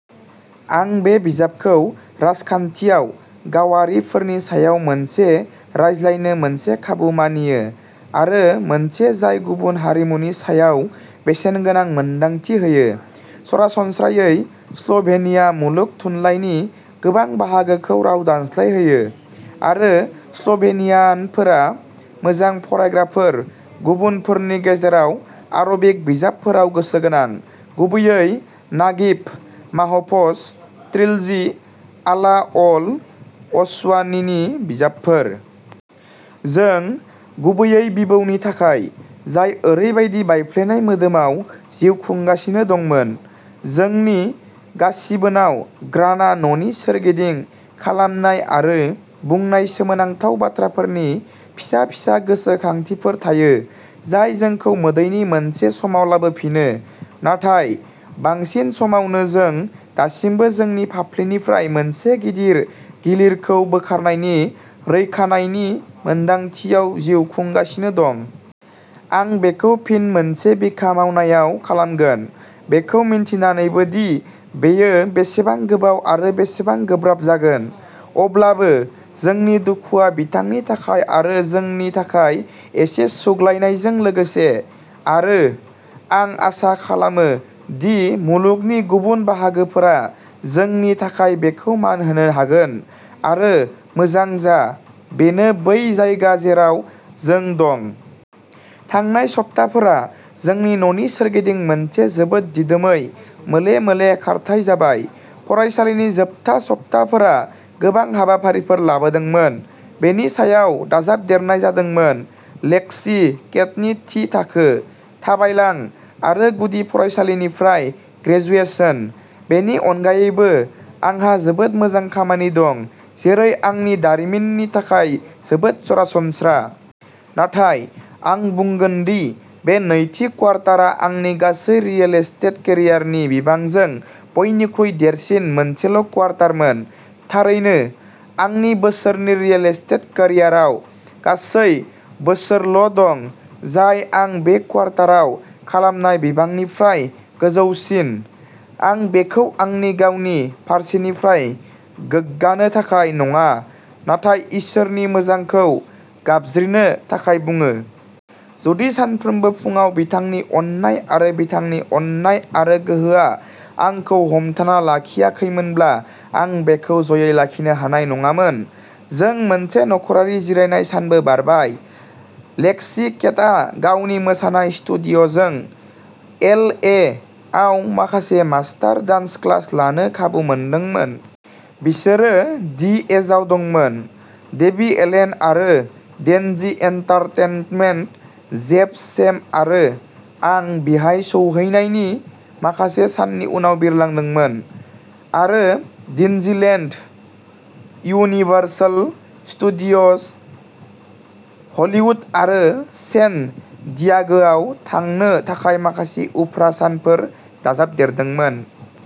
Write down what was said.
आं बे बिजाबखौ राजखान्थियाव गावारिफोरनि सायाव मोनसे रायज्लायनो मोनसे खाबु मानियो, आरो मोनसे जाय गुबुन हारिमुनि सायाव बेसेनगोनां मोनदांथि होयो। सरासनस्रायै, स्ल'भेनिया मुलुग थुनलाइनि गोबां बाहागोखौ राव दानस्लायहोयो, आरो स्ल'भेनियानफोरा मोजां फरायग्राफोर, गुबुनफोरनि गेजेराव आरबिक बिजाबफोराव गोसो गोनां, गुबैयै नागिब माहफ'ज ट्रिलजि, आला अल अस्वानीनि बिजाबफोर। जों; गुबैयै बिबौनि थाखाय, जाय ओरैबायदि बायफ्लेनाय मोदोमाव जिउ खुंगासिनो दंमोन। जोंनि गासिबोनाव ग्रानआ न'नि सोरगिदिं खालामनाय आरो बुंनाय सोमोनांथाव बाथ्राफोरनि फिसा-फिसा गोसोखांथिफोर थायो, जाय जोंखौ मोदैनि मोनसे समाव लाबोफिनो। नाथाय, बांसिन समावनो जों दासिमबो जोंनि फाफ्लिनिफ्राय मोनसे गिदिर गिलिरखौ बोखारनायनि रैखानायनि मोनदांथियाव जिउ खुंगासिनो दं। आं बेखौ फिन मोनसे बिखा मावनायाव खालामगोन, बेखौ मिन्थिनानैबो दि बेयो बेसेबां गोबाव आरो बेसेबां गोब्राब जागोन। अब्लाबो, जोंनि दुखुआ बिथांनि थाखाय आरो जोंनि थाखाय एसे सुग्लायनायजों लोगोसे। आरो, आं आसा खालामो दि मुलुगनि गुबुन बाहागोफोरा जोंनि थाखाय बेखौ मान होनो हागोन, आरो मोजां जा, बेनो बै जायगा जेराव जों दं। थांनाय सप्ताफोरा जोंनि न'नि सोरगिदिं मोनसे जोबोद दिदोमै मोले-मोले खारथाय जाबाय। फरायसालिनि जोबथा सप्ताफोरा गोबां हाबाफारिफोर लाबोदोंमोन, बेनि सायाव दाजाबदेरनाय जादोंमोन लेक्सि केटनि थि थाखो। थाबायलां, आरो गुदि फरायसालिनिफ्राय ग्रेजुएशन। बेनि अनगायैबो, आंहा जोबोद मोजां खामानि दं, जेरै आंनि दारिमिननि थाखाय जोबोद सरासनस्रा। नाथाय, आं बुंगोन दि बे नैथि क्वार्टारआ आंनि गासै रिएल एस्टेट केरियारनि बिबांजों बयनिख्रुइ देरसिन मोनसेल'क्वार्टारमोन। थारैनो, आंनि बोसोरनि रिएल एस्टेट केरियाराव गासै बोसोरल'दं जाय आं बे क्वार्टारआव खालामनाय बिबांनिफ्राय गोजौसिन। आं बेखौ आंनि गावनि फारसेनिफ्राय गोग्गानो थाखाय नङा, नाथाय इसोरनि मोजांखौ गाबज्रिनो थाखाय बुङो। जुदि सानफ्रोमबो फुंआव बिथांनि अननाय आरो बिथांनि अननाय आरो गोहोआ आंखौ हमथाना लाखियाखैमोनब्ला आं बेखौ ज'यै लाखिनो हानाय नङामोन। जों मोनसे नख'रारि जिरायनाय सानबो बारबाय। लेक्सि केटआ गावनि मोसानाय स्टुडिय'जों एल. ए. आव माखासे मास्टार डान्स क्लास लानो खाबु मोनदोंमोन। बिसोरो दि एजआव दंमोन। डेबी एलेन, आरो डिज्नी एन्टारटेनमेन्ट। जेफ, सेम, आरो आं बिहाय सौहैनायनि माखासे साननि उनाव बिरलांदोंमोन, आरो डिज्नीलेन्ड, यूनिवर्सल स्टुडिय'ज हलीवुड, आरो सेन डियागोआव थांनो थाखाय माखासे उफ्रा सानफोर दाजाबदेरदोंमोन।